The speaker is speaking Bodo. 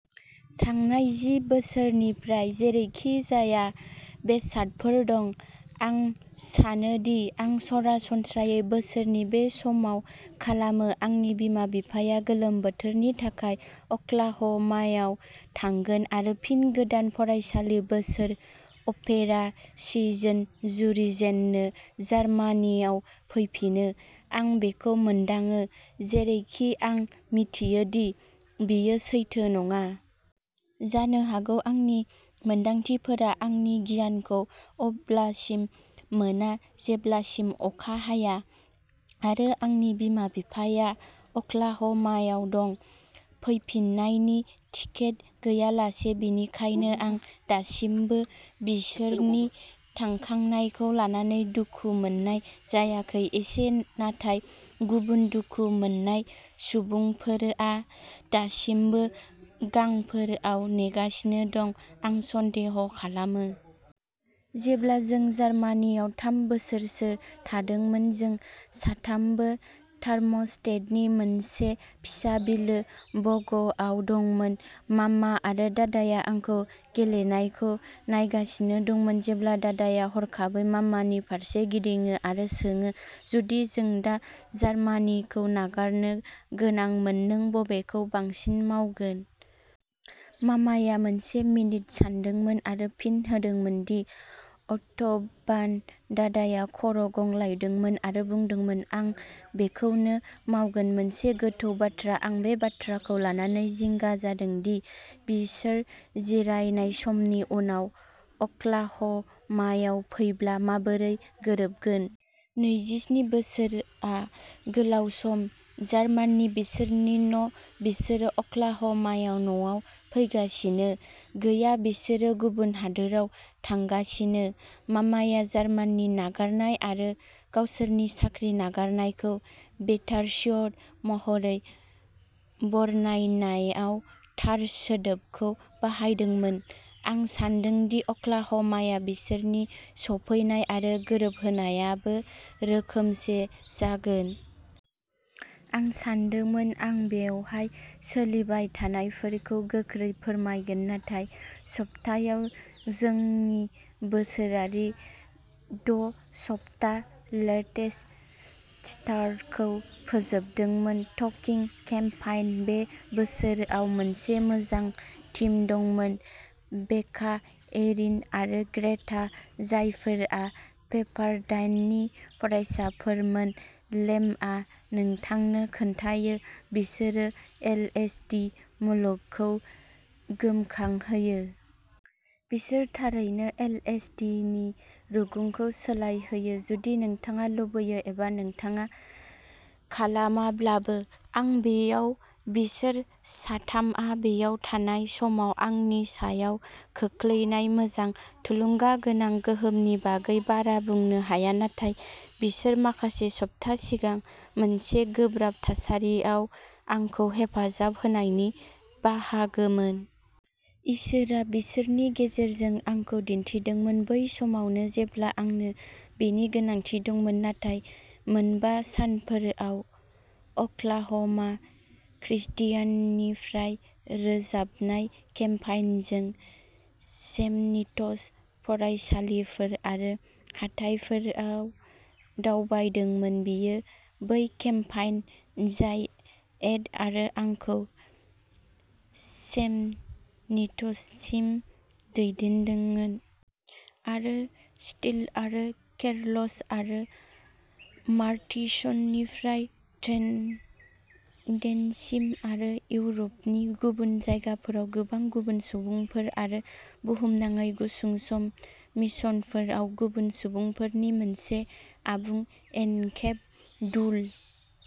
थांनाय जि बोसोरनिफ्राय जेरैखिजाया बेसादफोर दं। आं सानोदि आं सरासनस्रायै बोसोरनि बे समाव खालामो आंनि बिमा-बिफाया गोलोम बोथोरनि थाखाय अक्लाह'मायाव थांगोन आरो फिन गोदान फरायसालि बोसोर अपेरा सिजोन जुरिजेननो जार्मानियाव फैफिनो। आं बेखौ मोनदाङो, जेरैखि आं मिथियो दि बेयो सैथो नङा। जानो हागौ, आंनि मोन्दांथिफोरा आंनि गियानखौ अब्लासिम मोना जेब्लासिम अखा हाया आरो आंनि बिमा-बिफाया अक्लाह'मायाव दं, फैफिननायनि टिकेट गैयालासे। बेनिखायनो, आं दासिमबो बिसोरनि थांखांनायखौ लानानै दुखु मोननाय जायाखै। एसे, नाथाय गुबुन दुखु मोननाय सुबुंफोरा दासिमबो गांफोराव नेगासिनो दं, आं सन्देह' खालामो। जेब्ला जों जार्मानियाव थाम बोसोरसो थादोंमोन, जों साथामबो डार्मस्टेडनि मोनसे फिसा बिलो, व'गआव दंमोन। मामा आरो दादाया आंखौ गेलेनायखौ नायगासिनो दंमोन, जेब्ला दादाया हरखाबै मामानि फारसे गिदिङो आरो सोङो, जुदि जों दा जार्मानिखौ नागारनो गोनांमोन, नों बबेखौ बांसिन मावगोन? मामाया मोनसे मिनिट सानदोंमोन आरो फिन होदोंमोन दि अट'बान। दादाया खर' गंग्लायदोंमोन आरो बुंदोंमोन, आं बेखौनो मावगोन। मोनसे गोथौ बाथ्रा, आं बे बाथ्राखौ लानानै जिंगा जादों दि बिसोर जिरायनाय समनि उनाव अक्लाह'मायाव फैब्ला माबोरै गोरोबगोन। नैजिस्नि बोसोरआ गोलाव सम। जार्मानि बिसोरनि न' बिसोरो अक्लाह'मायाव न'आव फैगासिनो गैया बिसोरो गुबुन हादोराव थांगासिनो। मामाया जार्मानि नागारनाय आरो गावसोरनि साख्रि नागारनायखौ बिटारस्वट महरै बरनायनायाव थार सोदोबखौ बाहायदोंमोन। आं सान्दों दि अक्लाह'मायाव बिसोरनि सफैनाय आरो गोरोबहोनायाबो रोखोमसे जागोन। आं सानदोंमोन आं बेवहाय सोलिबाय थानायफोरखौ गोख्रै फोरमायगोन। नाथाय सप्तायाव, जोंनि बोसोरारि द’ सप्ता लेटेस स्टार्टखौ फोजोबदोंमोन। ट'किं केम्पाइन। बे बोसोराव मोनसे मोजां टिम दंमोन बेका, एरिन आरो ग्रेटा, जायफोरा पेपारडाइननि फरायसाफोरमोन। लेमआ नोंथांनो खोन्थायो, बिसोरो एलएसटी मुलुगखौ गोमखांहोयो। बिसोर थारैनो एलएसटीनि रुगुंखौ सोलायहोयो, जुदि नोंथाङा लुबैयो एबा नोंथाङा खालामाब्लाबो। आं बेयाव बिसोर साथामआ बेयाव थानाय समाव आंनि सायाव खोख्लैनाय मोजां, थुलुंगागोनां गोहोमनि बागै बारा बुंनो हाया। नाथाय बिसोर माखासे सप्ता सिगां मोनसे गोब्राब थासारियाव आंखौ हेफाजाब होनायनि बाहागोमोन। इसोरआ बिसोरनि गेजेरजों आंखौ दिन्थिदोंमोन, बै समावनो जेब्ला आंनो बेनि गोनांथि दंमोन। नाथाय मोनबा सानफोराव, अक्लाह'मा क्रिस्टियाननिफ्राय रोजाबनाय केम्पाइनजों चेमनिट्ज फरायसालिफोर आरो हाथाइफोराव दावबायदोंमोन। बेयो बै केम्पाइन जाय एड आरो आंखौ चेमनिट्जसिम दैदेनदोंमोन। आरो स्टिल आरो केर'ल्स आरो मार्टिसननिफ्राय ड्रेनडेनसिम आरो इउरपनि गुबुन जायगाफोराव गोबां गुबुन सुबुंफोर आरो बुहुमनाङै गुसुं सम मिशनफोराव गुबुन सुबुंफोरनि मोनसे आबुंएनकेब डुल।